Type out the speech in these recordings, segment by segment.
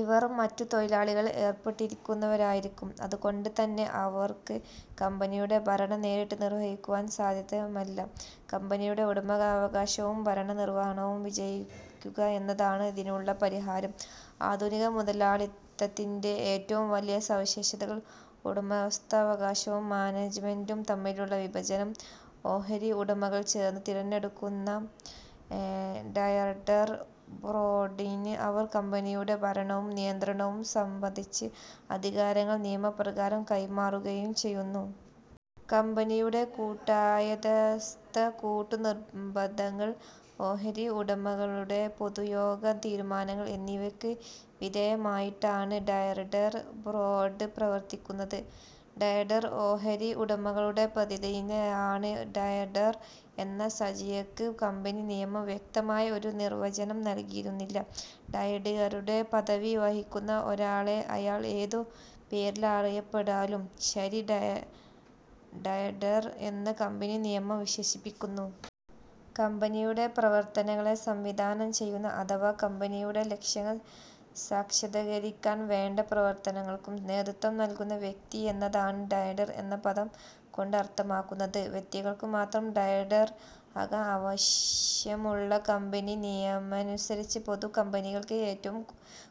ഇവർ മറ്റു തൊഴിലുകളിൽ ഏർപ്പെട്ടിരിക്കുന്നവരുമായിരിക്കും. അതുകൊണ്ടുതന്നെ അവർക്ക് കമ്പനിയുടെ ഭരണം നേരിട്ട് വിർവഹിക്കുവാൻ സാധ്യമല്ല. കമ്പനിയുടെ ഉടമാവകാശവും ഭരണ നിർവഹണവും വിഭജിക്കുക എന്നതാണ് ഇതിനുള്ള പരിഹാരം. ആധുനിക മുതലാളിത്തത്തിന്റെ ഏറ്റവും വലിയ സവിശേഷതയാണ് ഉടമസ്ഥാവകാശവും മാനേജ്മെന്റും തമ്മിലുള്ള വിഭജനം. ഓഹരി ഉടമകൾ ചേർന്ന് തെരഞ്ഞെടുക്കുന്ന ഡയറക്ടർ ബോർഡിന് അവർ കമ്പനിയുടെ ഭരണവും നിയന്ത്രണവും സംബന്ധിച്ച അധികാരങ്ങൾ നിയമപ്രകാരം കൈമാറുകയാണ് ചെയ്യുന്നത്. കമ്പനിയുടെ കൂട്ടുയാദാസ്ത്, കൂട്ടു നിബന്ധനങ്ങൾ, ഓഹരി ഉടമകളുടെ പൊതുയോഗ തീരുമാനങ്ങൾ എന്നിവയ്ക്ക് വിധേയമായിട്ടാണ് ഡയറക്ടർ ബോർഡ് പ്രവർത്തിക്കുന്നത്. ഡയറക്ടർ, ഓഹരി ഉടമകളുടെ പ്രതിനിധിയാണ്. ഡയറക്ടർ എന്ന സംജ്ഞയ്ക്ക് കമ്പനി നിയമം വ്യക്തമായ ഒരു നിർവചനം നൽകുന്നില്ല. ഡയറക്ടരുടെ പദവി വഹിക്കുന്ന ഒരാളെ, അയാൾ ഏതു പേരിലറിയപ്പെട്ടാലും ശരി ഡയറക്ടർ എന്നു കമ്പനി നിയമം വിശേഷിപ്പിക്കുന്നു. കമ്പനിയുടെ പ്രവർത്തനങ്ങളെ സംവിധാനം ചെയ്യുന്ന അഥവാ കമ്പനിയുടെ ലക്ഷ്യങ്ങൾ സാക്ഷാത്കരിക്കാൻ വേണ്ട പ്രവർത്തനങ്ങൾക്കു നേതൃത്വം നൽകുന്ന വ്യക്തി എന്നതാണ് ഡയറക്ടർ എന്ന പദം കൊണ്ടർഥമാക്കുന്നത്. വ്യക്തികൾക്കു മാത്രമേ ഡയറക്ടർ ആകാൻ അവകാശമുള്ളൂ. കമ്പനി നിയമമനുസരിച്ച് പൊതു കമ്പനികൾക്ക് ഏറ്റവും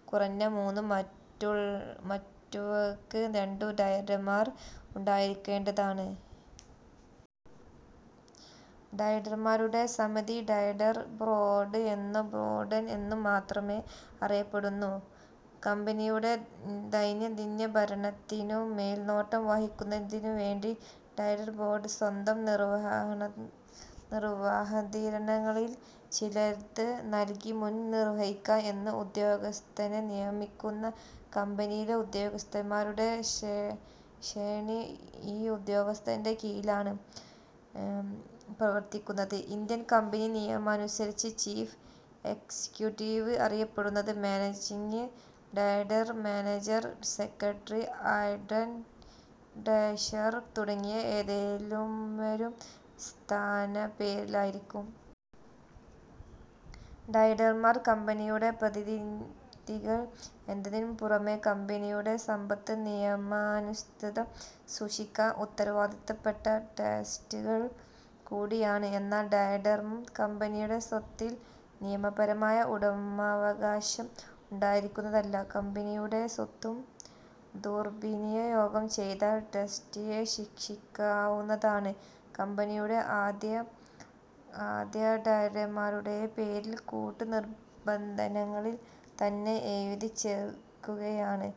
കുറഞ്ഞത് മൂന്നും മറ്റുള്ളവയ്ക്ക് രണ്ടും ഡയറക്ടറന്മാർ ഉണ്ടായിരിക്കേണ്ടതാണ്. ഡയറക്ടർമാരുടെ സമിതി ഡയറക്ടർ ബോർഡ് എന്നോ ബോർഡ് എന്നു മാത്രമോ അറിയപ്പെടുന്നു. കമ്പനിയുടെ ദൈനംദിന ഭരണത്തിനു മേൽനോട്ടം വഹിക്കുന്നതിനുവേണ്ടി ഡയറക്ടർബോർഡ് സ്വന്തം നിർവഹണാധികാരങ്ങളിൽ ചിലത് നൽകി മുഖ്യനിർവാഹകൻ എന്ന ഉദ്യോഗസ്ഥനെ നിയമിക്കുന്നു. കമ്പനിയിലെ ഉദ്യോഗസ്ഥൻമാരുടെ ശ്രേണി, ഈ ഉദ്യോഗസ്ഥന്റെ കീഴിലാണ് പ്രവർത്തിക്കുന്നത്. ഇന്ത്യൻ കമ്പനി നിയമമനുസരിച്ച്, ചീഫ് എക്സിക്യൂട്ടീവ് അറിയപ്പെടുന്നത് managing director, manager, secretary and treasurer തുടങ്ങിയ ഏതെങ്കിലുമൊരു സ്ഥാനപ്പേരിലായിരിക്കും. ഡയറക്ടർമാർ കമ്പനിയുടെ പ്രതിനിധികൾ എന്നതിനു പുറമേ, കമ്പനിയുടെ സമ്പത്ത് നിയമാനുസൃതം സൂക്ഷിക്കാൻ ഉത്തരവാദപ്പെട്ട ട്രസ്റ്റികളും കൂടിയാണ്. എന്നാൽ ഡയറക്ടർക്ക് കമ്പനിയുടെ സ്വത്തിൽ നിയമപരമായ ഉടമവസ്ഥാവകാശം ഉണ്ടായിരിക്കുന്നതല്ല. കമ്പനിയുടെ സ്വത്ത് ദുർവിനിയോഗം ചെയ്താൽ ട്രസ്റ്റിയെ ശിക്ഷിക്കാവുന്നതാണ്. കമ്പനിയുടെ ആദ്യഡയറക്ടർമാരുടെ പേരുകൾ കൂട്ടുനിബന്ധനകളിൽ തന്നെ എഴുതിച്ചേർക്കുകയാണ്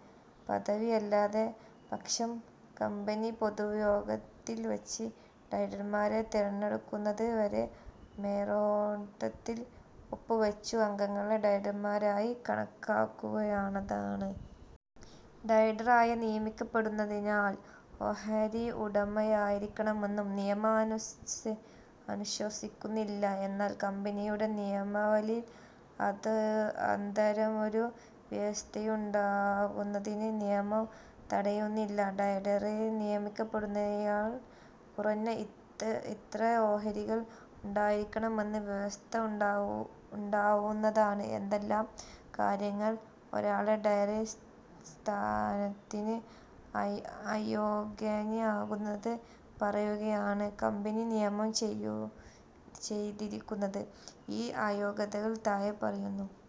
പതിവ്. അല്ലാത്ത പക്ഷം കമ്പനി പൊതുയോഗത്തിൽ വച്ച് ഡയറക്ടർമാരെ തെരഞ്ഞെടുക്കുന്നതു വരെ മെമ്മോറാണ്ടത്തിൽ ഒപ്പുവച്ച അംഗങ്ങളെ ഡയറക്ടർമാരായി കണക്കാക്കാവുന്നതാണ്. ഡയറക്ടറായി നിയമിക്കപ്പെടുന്നയാൾ ഓഹരി ഉടമയായിരിക്കണമെന്ന് നിയമം അനുശാസിക്കുന്നില്ല. എന്നാൽ കമ്പനിയുടെ നിയമാവലിയിൽ അത്തരമൊരു വ്യവസ്ഥയുണ്ടാകുന്നതിനെ നിയമം തടയുന്നില്ല. ഡയറക്ടറായി നിയമിക്കപ്പെടുന്നയാളിന് കുറഞ്ഞത് ഇത്ര ഓഹരികൾ ഉണ്ടായിരിക്കണമെന്ന് വ്യവസ്ഥ ഉണ്ടാക്കാവുന്നതാണ്. എന്തെല്ലാം കാര്യങ്ങളാണ്, ഒരാളെ ഡയറക്ടർ സ്ഥാനത്തിന് അയോഗ്യനാക്കുന്നതെന്ന് പറയുകയാണ് കമ്പനി നിയമം ചെയ്തിരിക്കുന്നത്. ഈ അയോഗ്യതകൾ താഴെപ്പറയുന്നു.